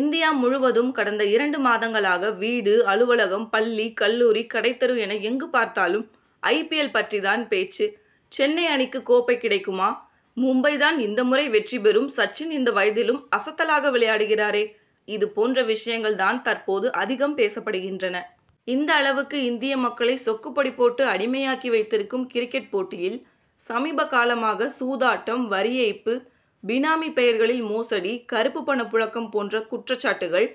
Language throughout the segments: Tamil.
இந்தியா முழுவதும் கடந்த இரண்டு மாதங்களாக வீடு அலுவலகம் பள்ளி கல்லூரி கடைத் தெரு என எங்கு பார்த்தாலும் ஐ. பி. எல். பற்றித் தான் பேச்சு. சென்னை அணிக்கு கோப்பை கிடைக்குமா மும்பை தான் இந்த முறை வெற்றி பெறும் சச்சின் இந்த வயதிலும் அசத்தலாக விளையாடுகிறாரே இதுபோன்ற விஷயங்கள் தான் தற்போது அதிகம் பேசப்படுகின்றன. இந்த அளவுக்கு இந்திய மக்களை சொக்கு பொடி போட்டு அடிமையாக்கி வைத்திருக்கும் கிரிக்கெட் போட்டியில் சமீபகாலமாக சூதாட்டம் வரி ஏய்ப்பு பினாமி பெயர்களில் மோசடி கருப்பு பண புழக்கம் போன்ற குற்றச்சாட்டுகள்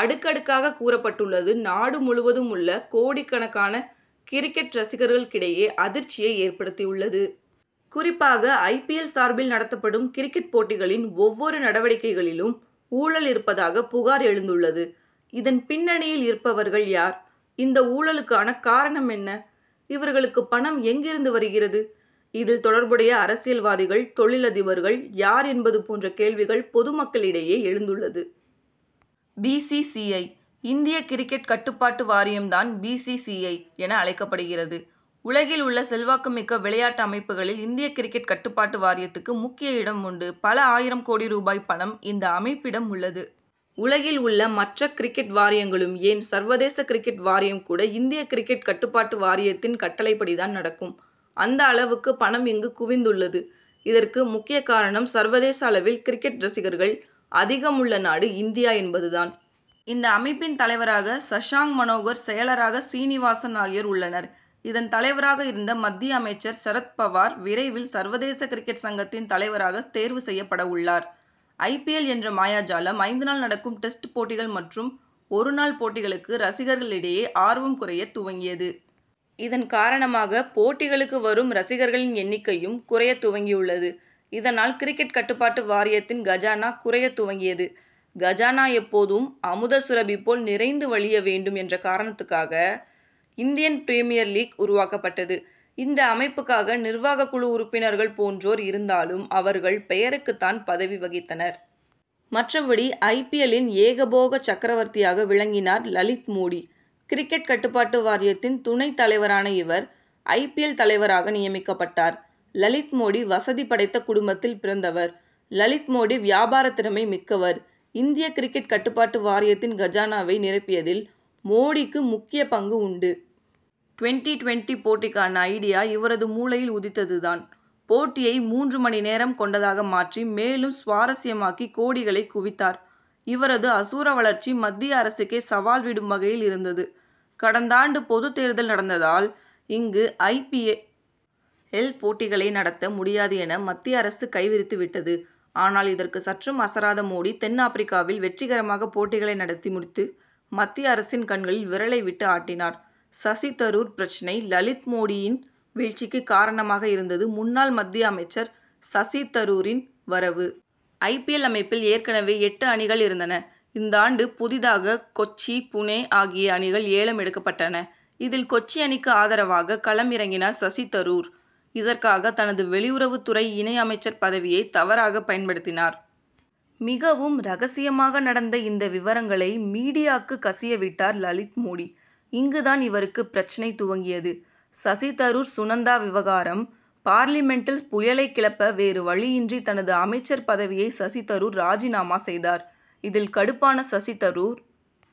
அடுக்கடுக்காக கூறப்பட்டுள்ளது நாடு முழுவதும் உள்ள கோடிக்கணக்கான கிரிக்கெட் ரசிகர்களிடையே அதிர்ச்சியை ஏற்படுத்தியுள்ளது. குறிப்பாக ஐ. பி. எல். சார்பில் நடத்தப்படும் கிரிக்கெட் போட்டிகளின் ஒவ்வொரு நடவடிக்கைகளிலும் ஊழல் இருப்பதாக புகார் எழுந்துள்ளது. இதன் பின்னணியில் இருப்பவர்கள் யார்? இந்த ஊழலுக்கான காரணம் என்ன? இவர்களுக்கு பணம் எங்கிருந்து வருகிறது. இதில் தொடர்புடைய அரசியல்வாதிகள் தொழில் அதிபர்கள் யார் என்பது போன்ற கேள்விகள் பொதுமக்களிடையே எழுந்துள்ளது. பி. சி. சி. ஐ. இந்திய கிரிக்கெட் கட்டுப்பாட்டு வாரியம் தான் பி. சி. சி. ஐ. என அழைக்கப்படுகிறது. உலகில் உள்ள செல்வாக்கு மிக்க விளையாட்டு அமைப்புகளில் இந்திய கிரிக்கெட் கட்டுப்பாட்டு வாரியத்துக்கு முக்கிய இடம் உண்டு. பல ஆயிரம் கோடி ரூபாய் பணம், இந்த அமைப்பிடம் உள்ளது. உலகில் உள்ள மற்ற கிரிக்கெட் வாரியங்களும் ஏன் சர்வதேச கிரிக்கெட் வாரியம் கூட இந்திய கிரிக்கெட் கட்டுப்பாட்டு வாரியத்தின் கட்டளைப்படி தான் நடக்கும். அந்த அளவுக்கு பணம் இங்கு குவிந்துள்ளது. இதற்கு முக்கிய காரணம் சர்வதேச அளவில் கிரிக்கெட் ரசிகர்கள் அதிகம் உள்ள நாடு இந்தியா என்பது தான். இந்த அமைப்பின் தலைவராக சஷாங் மனோகர் செயலராக சீனிவாசன் ஆகியோர் உள்ளனர். இதன் தலைவராக இருந்த மத்திய அமைச்சர் சரத் பவார் விரைவில் சர்வதேச கிரிக்கெட் சங்கத்தின் தலைவராக தேர்வு செய்யப்படவுள்ளார். ஐ. பி. எல். என்ற மாயாஜாலம்: ஐந்து நாள் நடக்கும் டெஸ்ட் போட்டிகள் மற்றும் ஒரு நாள் போட்டிகளுக்கு ரசிகர்களிடையே ஆர்வம் குறையத் துவங்கியது. இதன்காரணமாக போட்டிகளுக்கு வரும் ரசிகர்களின் எண்ணிக்கையும் குறையத் துவங்கியுள்ளது. இதனால் கிரிக்கெட் கட்டுப்பாட்டு வாரியத்தின் கஜானா குறையத் துவங்கியது. கஜானா எப்போதும் அமுத சுரபி போல் நிறைந்து வழிய வேண்டும் என்ற காரணத்துக்காக இந்தியன் பிரிமியர் லீக் உருவாக்கப்பட்டது. இந்த அமைப்புக்காக நிர்வாக குழு உறுப்பினர்கள் போன்றோர் இருந்தாலும், அவர்கள் பெயருக்கு தான் பதவி வகித்தனர். மற்றபடி, ஐ. பி. எல்.லின் ஏகபோக சக்கரவர்த்தியாக விளங்கினார் லலித் மோடி. கிரிக்கெட் கட்டுப்பாட்டு வாரியத்தின் துணை தலைவரான இவர் ஐ. பி. எல். தலைவராக நியமிக்கப்பட்டார். லலித் மோடி வசதி படைத்த குடும்பத்தில் பிறந்தவர் லலித் மோடி. வியாபார திறமை மிக்கவர். இந்திய கிரிக்கெட் கட்டுப்பாட்டு வாரியத்தின் கஜானாவை நிரப்பியதில் மோடிக்கு முக்கிய பங்கு உண்டு. டுவென்டி-டுவென்டி போட்டிக்கான ஐடியா இவரது மூளையில் உதித்தது தான். போட்டியை மூன்று மணி நேரம் கொண்டதாக மாற்றி மேலும் சுவாரசியமாக்கி கோடிகளை குவித்தவர். இவரது அசுர வளர்ச்சி மத்திய அரசுக்கே சவால் விடும் வகையில் இருந்தது. கடந்தாண்டு பொதுத் தேர்தல் நடந்ததால் இங்கு ஐ. பி. எல். போட்டிகளை நடத்த முடியாது என மத்திய அரசு கை விரித்து விட்டது. ஆனால் இதற்கு சற்றும் அசராத மோடி தென் ஆப்பிரிக்காவில் வெற்றிகரமாக போட்டிகளை நடத்தி முடித்து மத்திய அரசின் கண்களில் விரலை விட்டு ஆட்டினார். சசி தரூர் பிரச்னை லலித் மோடியின் வீழ்ச்சிக்கு காரணமாக இருந்தது முன்னாள் மத்திய அமைச்சர் சசி தரூரின் வரவு. ஐ. பி. எல். அமைப்பில் ஏற்கனவே எட்டு அணிகள் இருந்தன. இந்தாண்டு புதிதாக கொச்சி புனே ஆகிய அணிகள் ஏலம் எடுக்கப்பட்டன. இதில் கொச்சி அணிக்கு ஆதரவாக களம் இறங்கினார் சசி தரூர். இதற்காக, தனது வெளியுறவு துறை இணை அமைச்சர் பதவியை தவறாக பயன்படுத்தினார். மிகவும் ரகசியமாக நடந்த இந்த விவரங்களை மீடியாக்கு கசியவிட்டார் லலித் மோடி. இங்கு தான் இவருக்கு பிரச்னை துவங்கியது. சசி தரூர்-சுனந்தா விவகாரம் பார்லிமென்டில் புயலை கிளப்ப வேறு வழியின்றி தனது அமைச்சர் பதவியை சசி தரூர் ராஜினாமா செய்தார். இதில் கடுப்பான சசி தரூர்